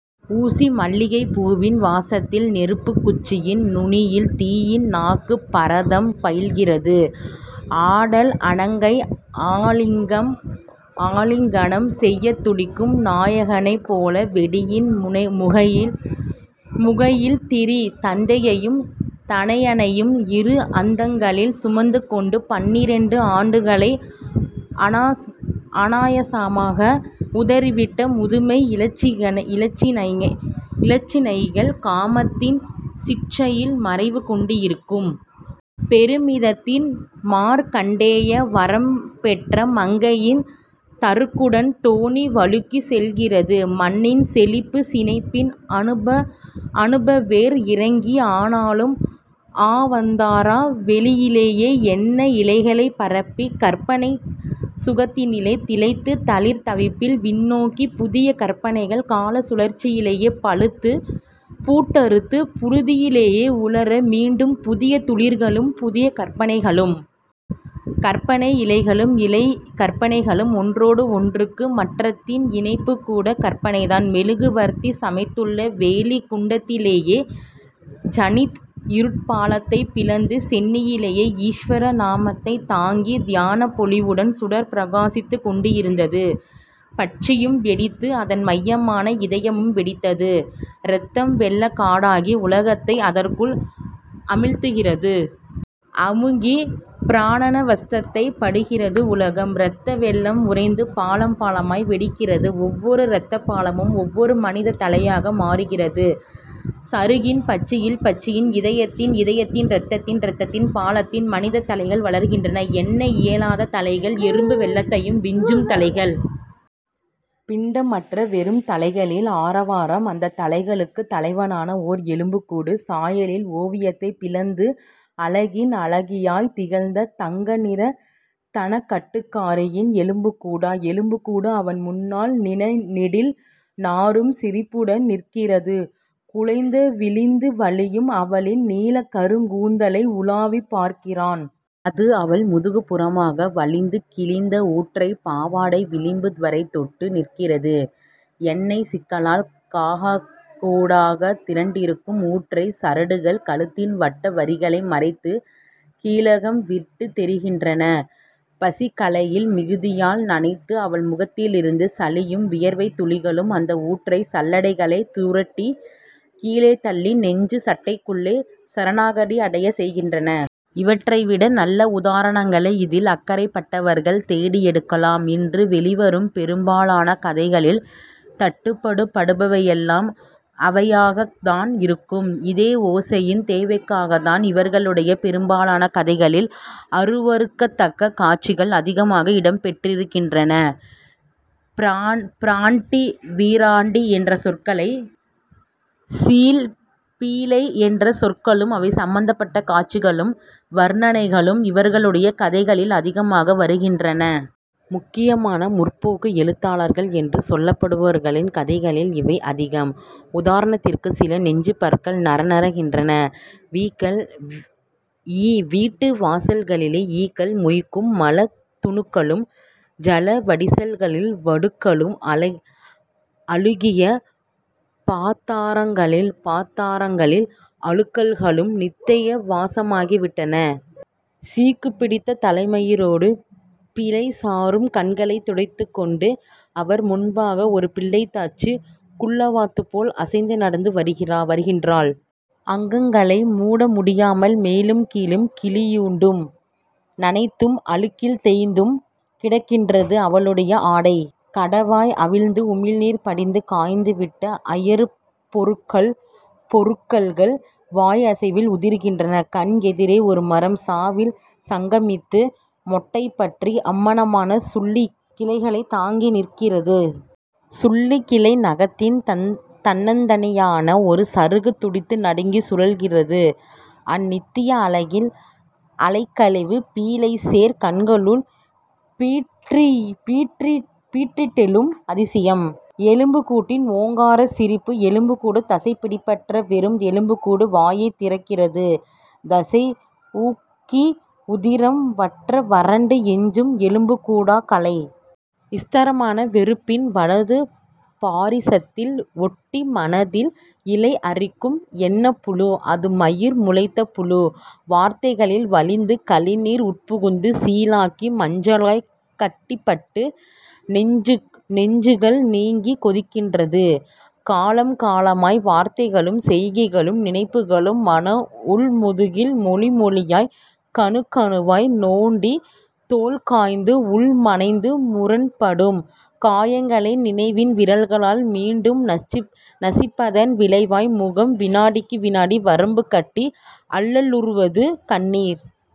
ஊசிமல்லிகைப் பூவின் வாசத்தில் நெருப்புக்குச்சியின் நுனியில் தீயின் நாக்கு பரதம் பயில்கிறது. ஆடல் அணங்கை ஆலிங்கனம் செய்யத் துடிக்கும் நாயகனைப் போல வெடியின் முகையில் திரி, தந்தையையும் தனையனையும் இரு அந்தங்களில் சுமந்துகொண்டு, பன்னிரண்டு ஆண்டுகளை அனாயாசமாக உதறிவிட்ட முதுமை இலச்சினைகள் காமத்தின் சிட்சையில் மறைவு கொண்டிருக்கும். பெருமிதத்தில் மார்க்கண்டேய வரம் பெற்ற மங்கையின் தருக்குடன் தோணி வழுக்கிச் செல்கிறது. மண்ணின் செழிப்புச் சினைப்பில், அனுப வேர் இறங்கி, ஆனாலும் ஆவந்தார வெளியிலே எண்ண இலைகளைப் பரப்பி, கற்பனைச் சுகத்தினிலே திளைத்து, தளிர் தவிப்பில் விண்ணோக்கிப் புதிய கற்பனைகள் காலச் சுழற்சியிலே பழுத்து, பூட்டறுத்து புழுதியிலே உலர, மீண்டும் புதிய துளிர்களும் புதிய கற்பனைகளும்... கற்பனை இலைகளும், இலைக் கற்பனைகளும் ஒன்றோடு ஒன்றுக்கு, மற்றதின் இணைப்புக் கூடக் கற்பனைதான். மெழுகுவர்த்தி சமைத்துள்ள வேளிக் குண்டத்திலேயே ஜனித்து, இருட்பாளத்தைப் பிளந்து, சென்னியிலே ஈஸ்வர நாமத்தைத் தாங்கி, தியானப் பொலிவுடன் சுடர் பிரகாசித்துக் கொண்டிருந்தது. பட்சியும் வெடித்து, அதன் மையமான இதயமும் வெடித்தது. இரத்தம் வெள்ளக் காடாகி உலகத்தை அதற்குள் அமிழ்த்துகிறது. அமுங்கிப் பிராணானவஸ்தைப் படுகிறது உலகம். இரத்த வெள்ளம் உறைந்து பாளம் பாளமாய் வெடிக்கிறது. ஒவ்வொரு இரத்தப் பாளமும் ஒவ்வொரு மனிதத் தலையாக மாறுகிறது. சருகின் பட்சியில், பட்சியின் இதயத்தில், இதயத்தின் இரத்தத்தில், இரத்தத்தின் பாளத்தில் மனிதத் தலைகள் வளர்கின்றன. எண்ண இயலாத தலைகள்; எறும்பு வெள்ளத்தையும் விஞ்சும் தலைகள். பிண்டமற்ற வெறும் தலைகளில் ஆரவாரம்! அந்தத் தலைகளுக்குத் தலைவனான ஓர் எலும்புக்கூடு! சாயலில் ஓவியத்தைப் பிளந்து, அழகின் அழகியாய்த் திகழ்ந்த தங்கநிறத் தனக்கட்டுக்காரியின் எலும்புக்கூடா? எலும்புக்கூடு அவன் முன்னால் நிண நெடில் நாறும் சிரிப்புடன் நிற்கிறது. குலைந்தவிழிந்து வழியும் அவளின் நீளக் கருங்கூந்தலை உழாவிப் பார்க்கிறான். அது அவள் முதுகுப் புறமாக வழிந்து, கிழிந்த ஊற்றைப் பாவாடை விளிம்பு வரை தொட்டு நிற்கிறது. எண்ணெய்ச் சிக்கலால் காகக் கூடாகத் திரண்டிருக்கும் ஊற்றைச் சரடுகள், கழுத்தின் வட்ட வரிகளை மறைத்துக் கீலகம் விட்டுத் தெரிகின்றன. பசிக்களையில் மிகுதியால் நநைத்து அவள் முகத்திலிருந்து சளியும் வியர்வைத் துளிகளும் அந்த ஊற்றைச் சல்லடைகளைத் துரட்டிக் கீழே தள்ளி, நெஞ்சுச் சட்டைக்குள்ளே சரணாகதியடையச் செய்கின்றன. இவற்றை விட நல்ல உதாரணங்களை இதில் அக்கறைப்பட்டவர்கள் தேடி எடுக்கலாம். இன்று வெளிவரும் பெரும்பாலான கதைகளில் தட்டுப்படுபடுபவையெல்லாம் அவையாகத்தான் இருக்கும். இதே ஓசையின் தேவைக்காகத்தான் இவர்களுடைய பெரும்பாலான கதைகளில் அருவருக்கத்தக்க காட்சிகள் அதிகமாக இடம்பெற்றுகின்றன. 'பிராண்டி', 'விராண்டி' என்ற சொற்களைப் 'சீழ்', 'பீழை' என்ற சொற்களும் அவை சம்பந்தப்பட்ட காட்சிகளும் வர்ணனைகளும் இவர்களுடைய கதைகளில் அதிகமாக வருகின்றன. முக்கியமாக 'முற்போக்கு' எழுத்தாளர்கள் என்று சொல்லப்படுபவர்களின் கதைகளில் இவை அதிகம். உதாரணத்திற்குச் சில: "நெஞ்சுப் பற்கள் நறநறக்கின்றன. வீட்டு வாசல்களிலே ஈக்கள் மொய்க்கும் மலத் துணுக்களும், ஜல வடிசல்களின் வடுக்களும், அழுகிய பாத்தாரங்களின் அழுக்கல்களும் நித்திய வாசமாகிவிட்டன. சீக்குப் பிடித்த தலைமயிரோடு பீழை சாறும் கண்களைத் துடைத்துக்கொண்டு, அவர் முன்பாக ஒரு பிள்ளைத்தாச்சி குள்ளவாத்துப் போல் அசைந்து நடந்து வருகின்றாள். அங்கங்களை மூட முடியாமல் மேலும் கீழும் கிழியுண்டும், நநைத்தும், அழுக்கில் தேய்ந்தும் கிடக்கின்றது அவளுடைய ஆடை. கடவாய் அவிந்து, உமிழ்நீர் படிந்து காய்ந்துவிட்ட அயறுப் பொருட்கள்கள் வாய் அசைவில் உதிர்கின்றன. கண் எதிரே ஒரு மரம். சாவில் சங்கமித்து, மொட்டை பற்றி அம்மணமான சுள்ளிக் கிளைகளைத் தாங்கி நிற்கிறது. சுள்ளிக் கிளை நகத்தில் தன்னந்தனியனா ஒரு சருகு துடித்து நடுங்கிச் சுழல்கிறது. அநித்திய அழகில் அலைக்கழிவு. பீழை சேர் கண்களுள் பீற்றிட்டெழும் அதிசயம்; எலும்புக்கூட்டின் ஓங்காரச் சிரிப்பு. எலும்புக்கூடு — தசைப்பிடிப்பற்ற வெறும் எலும்புக்கூடு வாயைத் திறக்கிறது. தசை ஊக்கி, உதிரம் வற்ற, வறண்டு எஞ்சும் எலும்புக்கூடா கலை? ஸ்திரமான வெறுப்பின் வலது பாரிசத்தில் ஒட்டி மனதில் இலை அரிக்கும் எண்ணப் புழு. அது மயிர் முளைத்த புழு. வார்த்தைகளில் வழிந்து கழிநீர் உட்புகுந்து சீழாக்கி, மஞ்சளாய்க் கட்டிபட்டு, நெஞ்சுகள் நீங்கி கொதிக்கின்றது. காலம் காலமாய் வார்த்தைகளும், செய்கைகளும், நினைப்புகளும் மன உள் முதுகில் மொழி மொழியாய், கணுக் கணுவாய் நோண்டி, தோல் காய்ந்து, உள் மனைந்து முரண்படும் காயங்களை நினைவின் விரல்களால் மீண்டும் நசிப்பதன் விளைவாய் முகம் வினாடிக்கு வினாடி வரம்பு கட்டி அல்லலுறுவது கண்ணீர்.